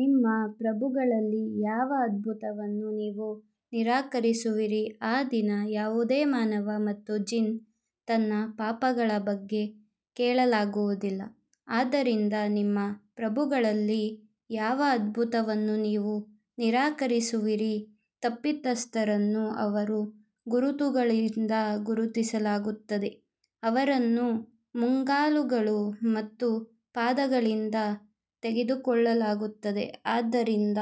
ನಿಮ್ಮ ಪ್ರಭುಗಳಲ್ಲಿ ಯಾವ ಅದ್ಭುತವನ್ನು ನೀವು ನಿರಾಕರಿಸುವಿರಿ ಆ ದಿನ ಯಾವುದೇ ಮಾನವ ಮತ್ತು ಜಿನ್ ತನ್ನ ಪಾಪಗಳ ಬಗ್ಗೆ ಕೇಳಲಾಗುವುದಿಲ್ಲ ಆದ್ದರಿಂದ ನಿಮ್ಮ ಪ್ರಭುಗಳಲ್ಲಿ ಯಾವ ಅದ್ಭುತವನ್ನು ನೀವು ನಿರಾಕರಿಸುವಿರಿ ತಪ್ಪಿತಸ್ಥರನ್ನು ಅವರ ಗುರುತುಗಳಿಂದ ಗುರುತಿಸಲಾಗುತ್ತದೆ, ಅವರನ್ನು ಮುಂಗಾಲುಗಳು ಮತ್ತು ಪಾದಗಳಿಂದ ತೆಗೆದುಕೊಳ್ಳಲಾಗುತ್ತದೆ ಆದ್ದರಿಂದ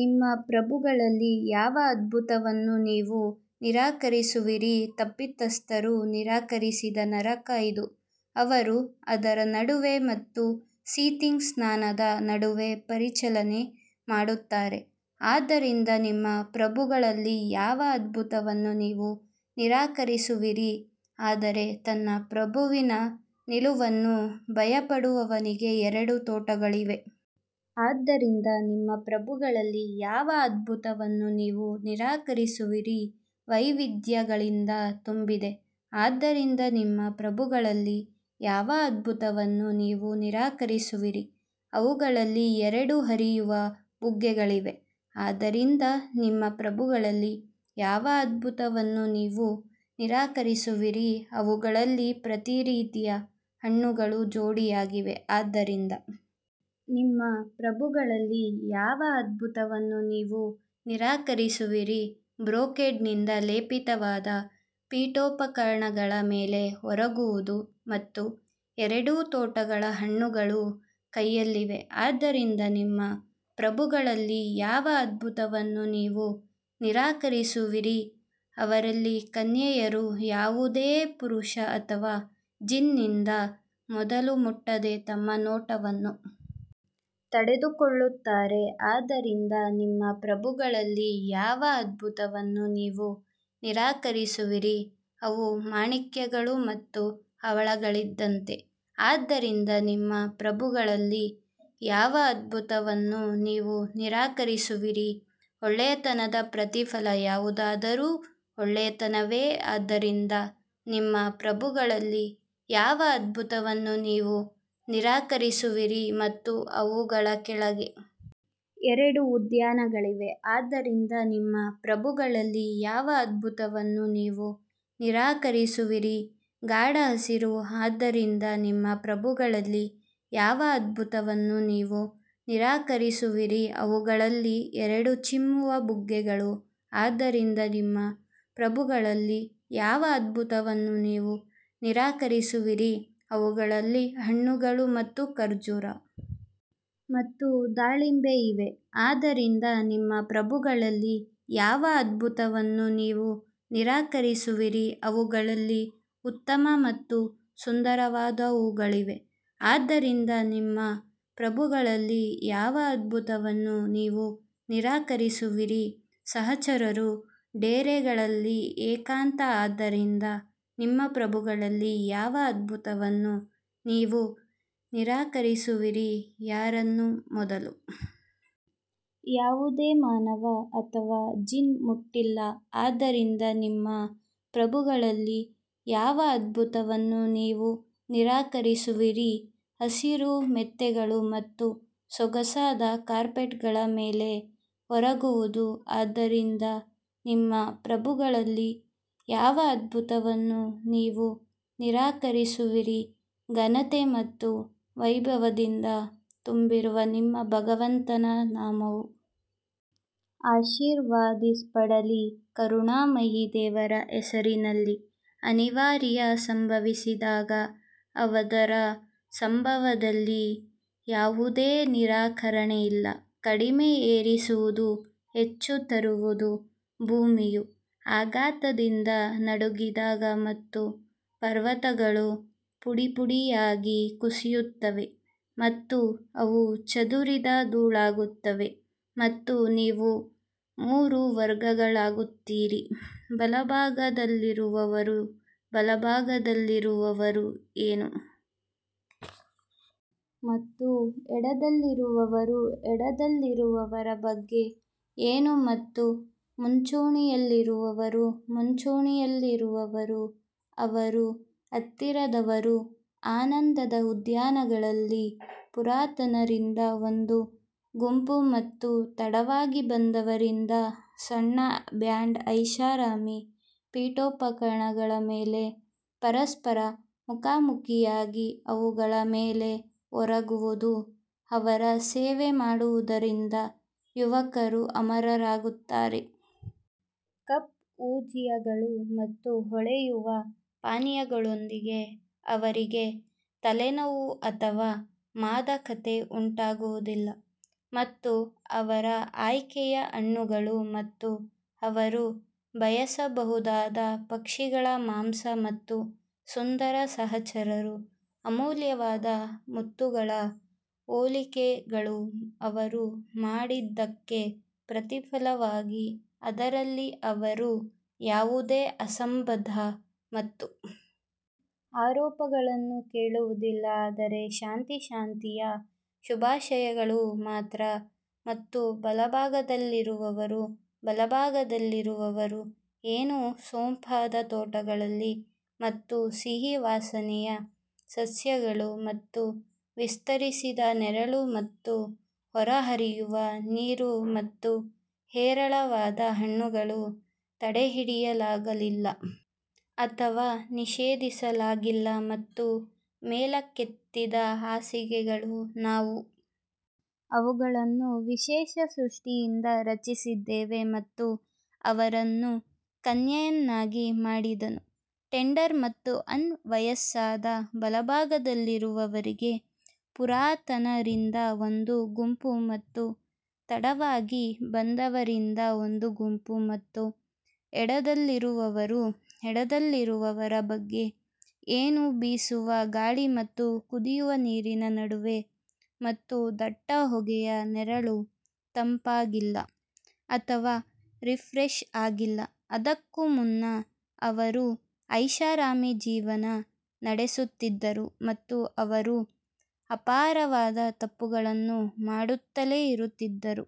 ನಿಮ್ಮ ಪ್ರಭುಗಳಲ್ಲಿ ಯಾವ ಅದ್ಭುತವನ್ನು ನೀವು ನಿರಾಕರಿಸುವಿರಿ ತಪ್ಪಿತಸ್ಥರು ನಿರಾಕರಿಸಿದ ನರಕ ಇದು ಅವರು ಅದರ ನಡುವೆ ಮತ್ತು ಸೀಥಿಂಗ್ ಸ್ನಾನದ ನಡುವೆ ಪರಿಚಲನೆ ಮಾಡುತ್ತಾರೆ ಆದ್ದರಿಂದ ನಿಮ್ಮ ಪ್ರಭುಗಳಲ್ಲಿ ಯಾವ ಅದ್ಭುತವನ್ನು ನೀವು ನಿರಾಕರಿಸುವಿರಿ ಆದರೆ ತನ್ನ ಪ್ರಭುವಿನ ನಿಲುವನ್ನು ಭಯಪಡುವವನಿಗೆ ಎರಡು ತೋಟಗಳಿವೆ ಆದ್ದರಿಂದ ನಿಮ್ಮ ಪ್ರಭುಗಳಲ್ಲಿ ಯಾವ ಅದ್ಭುತವನ್ನು ನೀವು ನಿರಾಕರಿಸುವಿರಿ ವೈವಿಧ್ಯಗಳಿಂದ ತುಂಬಿದೆ ಆದ್ದರಿಂದ ನಿಮ್ಮ ಪ್ರಭುಗಳಲ್ಲಿ ಯಾವ ಅದ್ಭುತವನ್ನು ನೀವು ನಿರಾಕರಿಸುವಿರಿ ಅವುಗಳಲ್ಲಿ ಎರಡು ಹರಿಯುವ ಬುಗ್ಗೆಗಳಿವೆ ಆದ್ದರಿಂದ ನಿಮ್ಮ ಪ್ರಭುಗಳಲ್ಲಿ ಯಾವ ಅದ್ಭುತವನ್ನು ನೀವು ನಿರಾಕರಿಸುವಿರಿ ಅವುಗಳಲ್ಲಿ ಪ್ರತಿ ರೀತಿಯ ಹಣ್ಣುಗಳು ಜೋಡಿಯಾಗಿವೆ ಆದ್ದರಿಂದ ನಿಮ್ಮ ಪ್ರಭುಗಳಲ್ಲಿ ಯಾವ ಅದ್ಭುತವನ್ನು ನೀವು ನಿರಾಕರಿಸುವಿರಿ ಬ್ರೊಕೇಡ್ನಿಂದ ಲೇಪಿತವಾದ ಪೀಠೋಪಕರಣಗಳ ಮೇಲೆ ಒರಗುವುದು ಮತ್ತು ಎರಡು ತೋಟಗಳ ಹಣ್ಣುಗಳು ಕೈಯಲ್ಲಿವೆ ಆದ್ದರಿಂದ ನಿಮ್ಮ ಪ್ರಭುಗಳಲ್ಲಿ ಯಾವ ಅದ್ಭುತವನ್ನು ನೀವು ನಿರಾಕರಿಸುವಿರಿ ಅವರಲ್ಲಿ ಕನ್ಯೆಯರು ಯಾವುದೇ ಪುರುಷ ಅಥವಾ ಜಿನ್ನಿಂದ ಮೊದಲು ಮುಟ್ಟದೆ ತಮ್ಮ ನೋಟವನ್ನು ತಡೆದುಕೊಳ್ಳುತ್ತಾರೆ ಆದ್ದರಿಂದ ನಿಮ್ಮ ಪ್ರಭುಗಳಲ್ಲಿ ಯಾವ ಅದ್ಭುತವನ್ನು ನೀವು ನಿರಾಕರಿಸುವಿರಿ ಅವು ಮಾಣಿಕ್ಯಗಳು ಮತ್ತು ಹವಳಗಳಿದ್ದಂತೆ ಆದ್ದರಿಂದ ನಿಮ್ಮ ಪ್ರಭುಗಳಲ್ಲಿ ಯಾವ ಅದ್ಭುತವನ್ನು ನೀವು ನಿರಾಕರಿಸುವಿರಿ ಒಳ್ಳೆಯತನದ ಪ್ರತಿಫಲ ಯಾವುದಾದರೂ ಒಳ್ಳೆಯತನವೇ ಆದ್ದರಿಂದ ನಿಮ್ಮ ಪ್ರಭುಗಳಲ್ಲಿ ಯಾವ ಅದ್ಭುತವನ್ನು ನೀವು ನಿರಾಕರಿಸುವಿರಿ ಮತ್ತು ಅವುಗಳ ಕೆಳಗೆ ಎರಡು ಉದ್ಯಾನಗಳಿವೆ ಆದ್ದರಿಂದ ನಿಮ್ಮ ಪ್ರಭುಗಳಲ್ಲಿ ಯಾವ ಅದ್ಭುತವನ್ನು ನೀವು ನಿರಾಕರಿಸುವಿರಿ ಗಾಢ ಹಸಿರು ಆದ್ದರಿಂದ ನಿಮ್ಮ ಪ್ರಭುಗಳಲ್ಲಿ ಯಾವ ಅದ್ಭುತವನ್ನು ನೀವು ನಿರಾಕರಿಸುವಿರಿ ಅವುಗಳಲ್ಲಿ ಎರಡು ಚಿಮ್ಮುವ ಬುಗ್ಗೆಗಳು ಆದ್ದರಿಂದ ನಿಮ್ಮ ಪ್ರಭುಗಳಲ್ಲಿ ಯಾವ ಅದ್ಭುತವನ್ನು ನೀವು ನಿರಾಕರಿಸುವಿರಿ ಅವುಗಳಲ್ಲಿ ಹಣ್ಣುಗಳು ಮತ್ತು ಖರ್ಜೂರ ಮತ್ತು ದಾಳಿಂಬೆ ಇವೆ ಆದ್ದರಿಂದ ನಿಮ್ಮ ಪ್ರಭುಗಳಲ್ಲಿ ಯಾವ ಅದ್ಭುತವನ್ನು ನೀವು ನಿರಾಕರಿಸುವಿರಿ ಅವುಗಳಲ್ಲಿ ಉತ್ತಮ ಮತ್ತು ಸುಂದರವಾದವುಗಳಿವೆ ಆದ್ದರಿಂದ ನಿಮ್ಮ ಪ್ರಭುಗಳಲ್ಲಿ ಯಾವ ಅದ್ಭುತವನ್ನು ನೀವು ನಿರಾಕರಿಸುವಿರಿ ಸಹಚರರು ಡೇರೆಗಳಲ್ಲಿ ಏಕಾಂತ ಆದ್ದರಿಂದ ನಿಮ್ಮ ಪ್ರಭುಗಳಲ್ಲಿ ಯಾವ ಅದ್ಭುತವನ್ನು ನೀವು ನಿರಾಕರಿಸುವಿರಿ ಯಾರನ್ನು ಮೊದಲು ಯಾವುದೇ ಮಾನವ ಅಥವಾ ಜಿನ್ ಮುಟ್ಟಿಲ್ಲ ಆದ್ದರಿಂದ ನಿಮ್ಮ ಪ್ರಭುಗಳಲ್ಲಿ ಯಾವ ಅದ್ಭುತವನ್ನು ನೀವು ನಿರಾಕರಿಸುವಿರಿ ಹಸಿರು ಮೆತ್ತೆಗಳು ಮತ್ತು ಸೊಗಸಾದ ಕಾರ್ಪೆಟ್ಗಳ ಮೇಲೆ ಒರಗುವುದು ಆದ್ದರಿಂದ ನಿಮ್ಮ ಪ್ರಭುಗಳಲ್ಲಿ ಯಾವ ಅದ್ಭುತವನ್ನು ನೀವು ನಿರಾಕರಿಸುವಿರಿ ಘನತೆ ಮತ್ತು ವೈಭವದಿಂದ ತುಂಬಿರುವ ನಿಮ್ಮ ಭಗವಂತನ ನಾಮವು ಆಶೀರ್ವದಿಸಲ್ಪಡಲಿ ಕರುಣಾಮಯಿ ದೇವರ ಹೆಸರಿನಲ್ಲಿ ಅನಿವಾರ್ಯ ಸಂಭವಿಸಿದಾಗ ಅದರ ಸಂಭವದಲ್ಲಿ ಯಾವುದೇ ನಿರಾಕರಣೆ ಇಲ್ಲ ಕಡಿಮೆ ಏರಿಸುವುದು ಹೆಚ್ಚು ತರುವುದು ಭೂಮಿಯು ಆಘಾತದಿಂದ ನಡುಗಿದಾಗ ಮತ್ತು ಪರ್ವತಗಳು ಪುಡಿಪುಡಿಯಾಗಿ ಕುಸಿಯುತ್ತವೆ ಮತ್ತು ಅವು ಚದುರಿದ ಧೂಳಾಗುತ್ತವೆ ಮತ್ತು ನೀವು ಮೂರು ವರ್ಗಗಳಾಗುತ್ತೀರಿ ಬಲಭಾಗದಲ್ಲಿರುವವರು ಬಲಭಾಗದಲ್ಲಿರುವವರು ಏನು ಮತ್ತು ಎಡದಲ್ಲಿರುವವರು ಎಡದಲ್ಲಿರುವವರ ಬಗ್ಗೆ ಏನು ಮತ್ತು ಮುಂಚೂಣಿಯಲ್ಲಿರುವವರು ಮುಂಚೂಣಿಯಲ್ಲಿರುವವರು ಅವರು ಹತ್ತಿರದವರು ಆನಂದದ ಉದ್ಯಾನಗಳಲ್ಲಿ ಪುರಾತನರಿಂದ ಒಂದು ಗುಂಪು ಮತ್ತು ತಡವಾಗಿ ಬಂದವರಿಂದ ಸಣ್ಣ ಬ್ಯಾಂಡ್ ಐಷಾರಾಮಿ ಪೀಠೋಪಕರಣಗಳ ಮೇಲೆ ಪರಸ್ಪರ ಮುಖಾಮುಖಿಯಾಗಿ ಅವುಗಳ ಮೇಲೆ ಒರಗುವುದು ಅವರ ಸೇವೆ ಮಾಡುವುದರಿಂದ ಯುವಕರು ಅಮರರಾಗುತ್ತಾರೆ ಕಪ್ ಹೂಜಿಗಳು ಮತ್ತು ಹೊಳೆಯುವ ಪಾನೀಯಗಳೊಂದಿಗೆ ಅವರಿಗೆ ತಲೆನೋವು ಅಥವಾ ಮಾದಕತೆ ಉಂಟಾಗುವುದಿಲ್ಲ ಮತ್ತು ಅವರ ಆಯ್ಕೆಯ ಹಣ್ಣುಗಳು ಮತ್ತು ಅವರು ಬಯಸಬಹುದಾದ ಪಕ್ಷಿಗಳ ಮಾಂಸ ಮತ್ತು ಸುಂದರ ಸಹಚರರು ಅಮೂಲ್ಯವಾದ ಮುತ್ತುಗಳ ಹೋಲಿಕೆಗಳು ಅವರು ಮಾಡಿದ್ದಕ್ಕೆ ಪ್ರತಿಫಲವಾಗಿ ಅದರಲ್ಲಿ ಅವರು ಯಾವುದೇ ಅಸಂಬದ್ಧ ಮತ್ತು ಆರೋಪಗಳನ್ನು ಕೇಳುವುದಿಲ್ಲ ಆದರೆ ಶಾಂತಿ ಶಾಂತಿಯ ಶುಭಾಶಯಗಳು ಮಾತ್ರ ಮತ್ತು ಬಲಭಾಗದಲ್ಲಿರುವವರು ಬಲಭಾಗದಲ್ಲಿರುವವರು ಏನು ಸೊಂಪಾದ ತೋಟಗಳಲ್ಲಿ ಮತ್ತು ಸಿಹಿ ವಾಸನೆಯ ಸಸ್ಯಗಳು ಮತ್ತು ವಿಸ್ತರಿಸಿದ ನೆರಳು ಮತ್ತು ಹೊರಹರಿಯುವ ನೀರು ಮತ್ತು ಹೇರಳವಾದ ಹಣ್ಣುಗಳು ತಡೆಹಿಡಿಯಲಾಗಿಲ್ಲ ಅಥವಾ ನಿಷೇಧಿಸಲಾಗಿಲ್ಲ ಮತ್ತು ಮೇಲಕ್ಕೆತ್ತಿದ ಹಾಸಿಗೆಗಳು ನಾವು ಅವುಗಳನ್ನು ವಿಶೇಷ ಸೃಷ್ಟಿಯಿಂದ ರಚಿಸಿದ್ದೇವೆ ಮತ್ತು ಅವರನ್ನು ಕನ್ಯೆಯನ್ನಾಗಿ ಮಾಡಿದನು ಟೆಂಡರ್ ಮತ್ತು ಅನ್ ವಯಸ್ಸಾದ ಬಲಭಾಗದಲ್ಲಿರುವವರಿಗೆ ಪುರಾತನರಿಂದ ಒಂದು ಗುಂಪು ಮತ್ತು ತಡವಾಗಿ ಬಂದವರಿಂದ ಒಂದು ಗುಂಪು ಮತ್ತು ಎಡದಲ್ಲಿರುವವರು ಎಡದಲ್ಲಿರುವವರ ಬಗ್ಗೆ ಏನು ಬೀಸುವ ಗಾಳಿ ಮತ್ತು ಕುದಿಯುವ ನೀರಿನ ನಡುವೆ ಮತ್ತು ದಟ್ಟ ಹೊಗೆಯ ನೆರಳು ತಂಪಾಗಿಲ್ಲ ಅಥವಾ ರಿಫ್ರೆಶ್ ಆಗಿಲ್ಲ ಅದಕ್ಕೂ ಮುನ್ನ ಅವರು ಐಷಾರಾಮಿ ಜೀವನ ನಡೆಸುತ್ತಿದ್ದರು ಮತ್ತು ಅವರು ಅಪಾರವಾದ ತಪ್ಪುಗಳನ್ನು ಮಾಡುತ್ತಲೇ ಇರುತ್ತಿದ್ದರು.